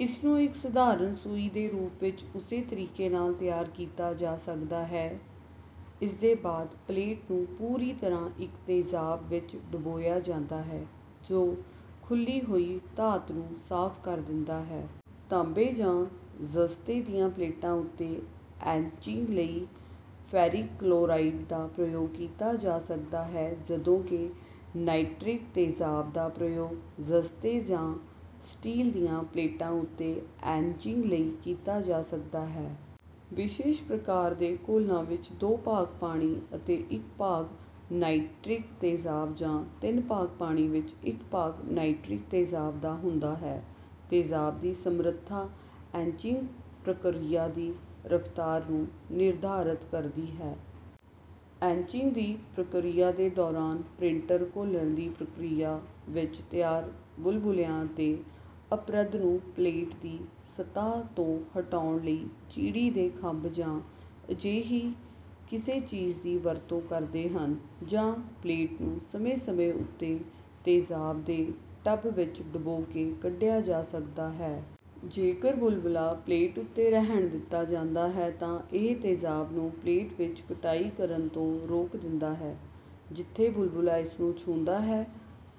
ਇਸਨੂੰ ਇੱਕ ਸਧਾਰਨ ਸੂਈ ਦੇ ਰੂਪ ਵਿੱਚ ਉਸੇ ਤਰੀਕੇ ਨਾਲ ਤਿਆਰ ਕੀਤਾ ਜਾ ਸਕਦਾ ਹੈ। ਇਸਦੇ ਬਾਅਦ ਪਲੇਟ ਨੂੰ ਪੂਰੀ ਤਰ੍ਹਾਂ ਇੱਕ ਤੇਜ਼ਾਬ ਵਿੱਚ ਡੁਬੋਇਆ ਜਾਂਦਾ ਹੈ, ਜੋ ਖੁੱਲ੍ਹੀ ਹੋਈ ਧਾਤ ਨੂੰ ਸਾਫ਼ ਕਰ ਦਿੰਦਾ ਹੈ। ਤਾਂਬੇ ਜਾਂ ਜ਼ਸਤੇ ਦੀਆਂ ਪਲੇਟਾਂ ਉੱਤੇ ਐਚਿੰਗ ਲਈ ਫੈਰਿਕ ਕਲੋਰਾਈਡ ਦਾ ਪ੍ਰਯੋਗ ਕੀਤਾ ਜਾ ਸਕਦਾ ਹੈ, ਜਦੋਂ ਕਿ ਨਾਈਟ੍ਰਿਕ ਤੇਜ਼ਾਬ ਦਾ ਪ੍ਰਯੋਗ ਜ਼ਸਤੇ ਜਾਂ ਸਟੀਲ ਦੀਆਂ ਪਲੇਟਾਂ ਉੱਤੇ ਐਚਿੰਗ ਲਈ ਕੀਤਾ ਜਾ ਸਕਦਾ ਹੈ। ਵਿਸ਼ੇਸ਼ ਪ੍ਰਕਾਰ ਦੇ ਘੋਲਾਂ ਵਿੱਚ ਦੋ ਭਾਗ ਪਾਣੀ ਅਤੇ ਇੱਕ ਭਾਗ ਨਾਈਟ੍ਰਿਕ ਤੇਜ਼ਾਬ, ਜਾਂ ਤਿੰਨ ਭਾਗ ਪਾਣੀ ਵਿੱਚ ਇੱਕ ਭਾਗ ਨਾਈਟ੍ਰਿਕ ਤੇਜ਼ਾਬ ਦਾ ਹੁੰਦਾ ਹੈ। ਤੇਜ਼ਾਬ ਦੀ ਸਮਰੱਥਾ ਐਚਿੰਗ ਪ੍ਰਕਿਰਿਆ ਦੀ ਰਫ਼ਤਾਰ ਨੂੰ ਨਿਰਧਾਰਤ ਕਰਦੀ ਹੈ। ਐਚਿੰਗ ਦੀ ਪ੍ਰਕਿਰਿਆ ਦੇ ਦੌਰਾਨ ਪ੍ਰਿੰਟਰ ਘੋਲਣ ਦੀ ਪ੍ਰਕਿਰਿਆ ਵਿੱਚ ਤਿਆਰ ਬੁਲਬੁਲਿਆਂ ਅਤੇ ਅਪਰਦ ਨੂੰ ਪਲੇਟ ਦੀ ਸਤ੍ਹਾ ਤੋਂ ਹਟਾਉਣ ਲਈ ਚਿੜੀ ਦੇ ਖੰਭ ਜਾਂ ਅਜਿਹੀ ਹੀ ਕਿਸੇ ਚੀਜ਼ ਦੀ ਵਰਤੋਂ ਕਰਦੇ ਹਨ, ਜਾਂ ਪਲੇਟ ਨੂੰ ਸਮੇਂ-ਸਮੇਂ ਉੱਤੇ ਤੇਜ਼ਾਬ ਦੇ ਟਬ ਵਿੱਚ ਡੁਬੋ ਕੇ ਕੱਢਿਆ ਜਾ ਸਕਦਾ ਹੈ। ਜੇਕਰ ਬੁਲਬੁਲਾ ਪਲੇਟ ਉੱਤੇ ਰਹਿਣ ਦਿੱਤਾ ਜਾਂਦਾ ਹੈ ਤਾਂ ਇਹ ਤੇਜ਼ਾਬ ਨੂੰ ਪਲੇਟ ਵਿੱਚ ਕਟਾਈ ਕਰਨ ਤੋਂ ਰੋਕ ਦਿੰਦਾ ਹੈ, ਜਿੱਥੇ ਬੁਲਬੁਲਾ ਇਸਨੂੰ ਛੂੰਹਦਾ ਹੈ।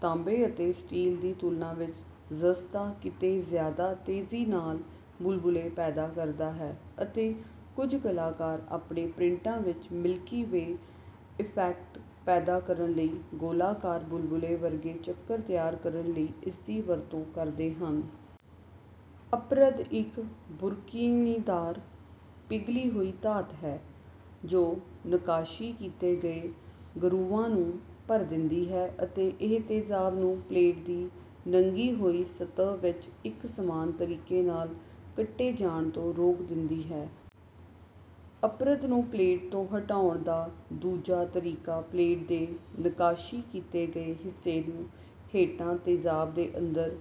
ਤਾਂਬੇ ਅਤੇ ਸਟੀਲ ਦੀ ਤੁਲਨਾ ਵਿੱਚ ਜ਼ਸਤਾ ਕਿਤੇ ਜ਼ਿਆਦਾ ਤੇਜ਼ੀ ਨਾਲ ਬੁਲਬੁਲੇ ਪੈਦਾ ਕਰਦਾ ਹੈ, ਅਤੇ ਕੁਝ ਕਲਾਕਾਰ ਆਪਣੇ ਪ੍ਰਿੰਟਾਂ ਵਿੱਚ "ਮਿਲਕੀ ਵੇ" ਇਫੈਕਟ ਪੈਦਾ ਕਰਨ ਲਈ ਗੋਲਾਕਾਰ ਬੁਲਬੁਲੇ ਵਰਗੇ ਚੱਕਰ ਤਿਆਰ ਕਰਨ ਲਈ ਇਸਦੀ ਵਰਤੋਂ ਕਰਦੇ ਹਨ। ਅਪਰਦ ਇੱਕ ਬੁਰਕੀਨੀਦਾਰ ਪਿਘਲੀ ਹੋਈ ਧਾਤ ਹੈ, ਜੋ ਨੱਕਾਸ਼ੀ ਕੀਤੇ ਗਏ ਗਰੂਵਾਂ ਨੂੰ ਭਰ ਦਿੰਦੀ ਹੈ ਅਤੇ ਇਹ ਤੇਜ਼ਾਬ ਨੂੰ ਪਲੇਟ ਦੀ ਨੰਗੀ ਹੋਈ ਸਤਹ ਵਿੱਚ ਇੱਕ ਸਮਾਨ ਤਰੀਕੇ ਨਾਲ ਕੱਟੇ ਜਾਣ ਤੋਂ ਰੋਕ ਦਿੰਦੀ ਹੈ। ਅਪਰਦ ਨੂੰ ਪਲੇਟ ਤੋਂ ਹਟਾਉਣ ਦਾ ਦੂਜਾ ਤਰੀਕਾ ਪਲੇਟ ਦੇ ਨੱਕਾਸ਼ੀ ਕੀਤੇ ਗਏ ਹਿੱਸੇ ਨੂੰ ਹੇਠਾਂ ਤੇਜ਼ਾਬ ਦੇ ਅੰਦਰ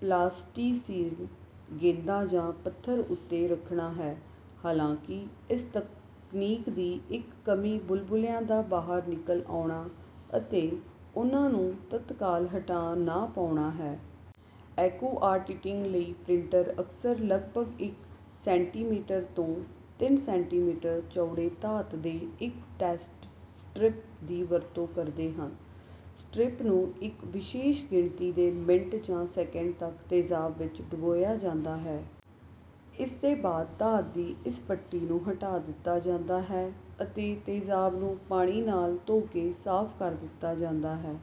ਪਲਾਸਟੀਸੀਨ ਗੇਂਦਾਂ ਜਾਂ ਪੱਥਰ ਉੱਤੇ ਰੱਖਣਾ ਹੈ, ਹਾਲਾਂਕਿ ਇਸ ਤਕਨੀਕ ਦੀ ਇੱਕ ਕਮੀ ਬੁਲਬੁਲਿਆਂ ਦਾ ਬਾਹਰ ਨਿਕਲ ਆਉਣਾ ਅਤੇ ਉਨ੍ਹਾਂ ਨੂੰ ਤਤਕਾਲ ਹਟਾ ਨਾ ਪਾਉਣਾ ਹੈ। ਐਕੁਆਟਿੰਟਿੰਗ ਲਈ ਪ੍ਰਿੰਟਰ ਅਕਸਰ ਲਗਭਗ ਇੱਕ ਸੈਂਟੀਮੀਟਰ ਤੋਂ ਤਿੰਨ ਸੈਂਟੀਮੀਟਰ ਚੌੜੇ ਧਾਤ ਦੇ ਇੱਕ ਟੈਸਟ ਸਟਰਿਪ ਦੀ ਵਰਤੋਂ ਕਰਦੇ ਹਨ। ਸਟਰਿਪ ਨੂੰ ਇੱਕ ਵਿਸ਼ੇਸ਼ ਗਿਣਤੀ ਦੇ ਮਿੰਟ ਜਾਂ ਸੈਕੰਡ ਤੱਕ ਤੇਜ਼ਾਬ ਵਿੱਚ ਡੁਬੋਇਆ ਜਾਂਦਾ ਹੈ। ਇਸਦੇ ਬਾਅਦ ਧਾਤ ਦੀ ਇਸ ਪੱਟੀ ਨੂੰ ਹਟਾ ਦਿੱਤਾ ਜਾਂਦਾ ਹੈ ਅਤੇ ਤੇਜ਼ਾਬ ਨੂੰ ਪਾਣੀ ਨਾਲ ਧੋ ਕੇ ਸਾਫ਼ ਕਰ ਦਿੱਤਾ ਜਾਂਦਾ ਹੈ।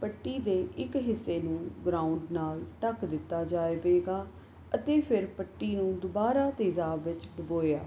ਪੱਟੀ ਦੇ ਇੱਕ ਹਿੱਸੇ ਨੂੰ ਗਰਾਉਂਡ ਨਾਲ ਢਕ ਦਿੱਤਾ ਜਾਵੇਗਾ ਅਤੇ ਫਿਰ ਪੱਟੀ ਨੂੰ ਦੁਬਾਰਾ ਤੇਜ਼ਾਬ ਵਿੱਚ ਡੁਬੋਇਆ